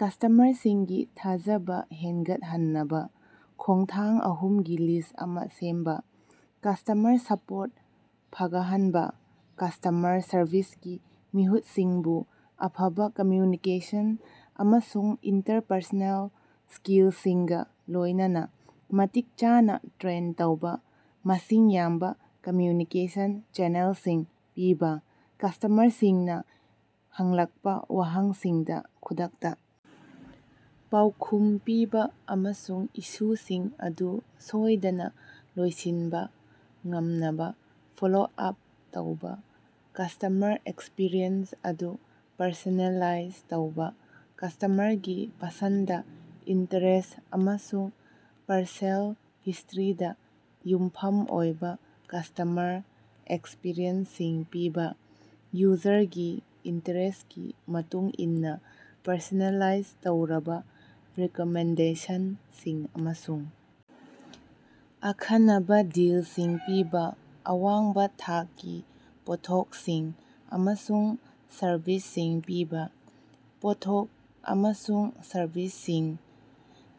ꯀꯁ꯭ꯇꯃꯔꯁꯤꯡꯒꯤ ꯊꯥꯖꯕ ꯍꯦꯟꯒꯠꯍꯟꯅꯕ ꯈꯣꯡꯊꯥꯡ ꯑꯍꯨꯝꯒꯤ ꯂꯤꯁ꯭ꯠ ꯑꯃ ꯁꯦꯝꯕ꯫ ꯀꯁ꯭ꯇꯃꯔ ꯁꯄꯣꯔꯠ ꯐꯒꯠꯍꯟꯕ: ꯀꯁ꯭ꯇꯃꯔ ꯁꯔꯚꯤꯁꯀꯤ ꯃꯤꯍꯨꯠꯁꯤꯡꯕꯨ ꯑꯐꯕ ꯀꯝꯃ꯭ꯌꯨꯅꯤꯀꯦꯁꯟ ꯑꯃꯁꯨꯡ ꯏꯟꯇꯔꯄꯔꯁꯣꯅꯦꯜ ꯁ꯭ꯀꯤꯜꯁꯤꯡꯒ ꯂꯣꯏꯅꯅ ꯃꯇꯤꯛ ꯆꯥꯅꯥ ꯇ꯭ꯔꯦꯟ ꯇꯧꯕ ꯃꯁꯤꯡ ꯌꯥꯝꯂꯕ ꯀꯝꯃ꯭ꯌꯨꯅꯤꯀꯦꯁꯟ ꯆꯦꯅꯦꯜꯁꯤꯡ ꯄꯤꯕ, ꯀꯁ꯭ꯇꯃꯔꯁꯤꯡꯅ ꯍꯪꯂꯛꯄ ꯋꯥꯍꯪꯁꯤꯡꯗ ꯈꯨꯗꯛꯇ ꯄꯥꯎꯈꯨꯝ ꯄꯤꯕ, ꯑꯃꯁꯨꯡ ꯏꯁꯨꯁꯤꯡ ꯑꯗꯨ ꯁꯣꯏꯗꯅ ꯂꯣꯏꯁꯤꯟꯕ ꯉꯝꯅꯕ ꯐꯣꯂꯣ-ꯑꯞ ꯇꯧꯕ꯫ ꯀꯁ꯭ꯇꯃꯔ ꯑꯦꯛꯁꯄꯤꯔꯤꯑꯦꯟꯁ ꯑꯗꯨ ꯄꯔꯁꯣꯅꯦꯂꯥꯏꯖ ꯇꯧꯕ: ꯀꯁ꯭ꯇꯃꯔꯒꯤ ꯄꯁꯟꯗ, ꯏꯟꯇꯔꯦꯁ꯭ꯠ ꯑꯃꯁꯨꯡ ꯄꯔꯆꯦꯖ ꯍꯤꯁ꯭ꯇꯔꯤꯗ ꯌꯨꯝꯐꯝ ꯑꯣꯏꯕ ꯀꯁ꯭ꯇꯃꯔ ꯑꯦꯛꯁꯄꯤꯔꯤꯑꯦꯟꯁꯁꯤꯡ ꯄꯤꯕ꯫ ꯌꯨꯖꯔꯒꯤ ꯏꯟꯇꯔꯦꯁ꯭ꯇꯀꯤ ꯃꯇꯨꯡꯏꯟꯅ ꯄꯔꯁꯣꯅꯦꯂꯥꯏꯖ ꯇꯧꯔꯕ ꯔꯤꯀꯃꯦꯟꯗꯦꯁꯟꯁꯤꯡ ꯑꯃꯁꯨꯡ ꯑꯈꯟꯅꯕ ꯗꯤꯜꯁꯤꯡ ꯄꯤꯕ꯫ ꯑꯋꯥꯡꯕ ꯊꯥꯛꯀꯤ ꯄꯣꯠꯊꯣꯛꯁꯤꯡ ꯑꯃꯁꯨꯡ ꯁꯔꯚꯤꯁꯁꯤꯡ ꯄꯤꯕ: ꯄꯣꯠꯊꯣꯛ ꯑꯃꯁꯨꯡ ꯁꯔꯚꯤꯁꯁꯤꯡ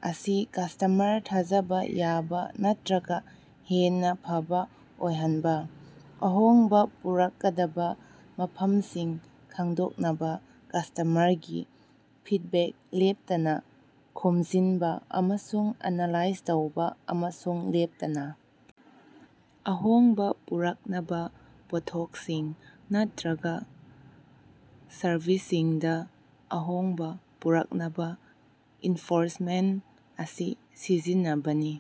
ꯑꯁꯤ ꯀꯁ꯭ꯇꯃꯔ ꯊꯥꯖꯕ ꯌꯥꯕ ꯅꯠꯇ꯭ꯔꯒ ꯍꯦꯟꯅ ꯐꯕ ꯑꯣꯏꯍꯟꯕ꯫ ꯑꯍꯣꯡꯕ ꯄꯨꯔꯛꯀꯗꯕ ꯃꯐꯝꯁꯤꯡ ꯈꯪꯗꯣꯛꯅꯕ ꯀꯁ꯭ꯇꯃꯔꯒꯤ ꯐꯤꯗꯕꯦꯛ ꯂꯦꯞꯇꯅ ꯈꯣꯝꯖꯤꯟꯕ ꯑꯃꯁꯨꯡ ꯑꯦꯅꯥꯂꯥꯏꯖ ꯇꯧꯕ ꯑꯃꯁꯨꯡ ꯂꯦꯞꯇꯅ ꯑꯍꯣꯡꯕ ꯄꯨꯔꯛꯅꯕ ꯄꯣꯠꯊꯣꯛꯁꯤꯡ ꯅꯠꯇ꯭ꯔꯒ ꯁꯔꯚꯤꯁꯁꯤꯡꯗ ꯑꯍꯣꯡꯕ ꯄꯨꯔꯛꯅꯕ ꯏꯟꯐꯣꯔꯃꯦꯟꯠ ꯑꯁꯤ ꯁꯤꯖꯤꯟꯅꯕꯅꯤ꯫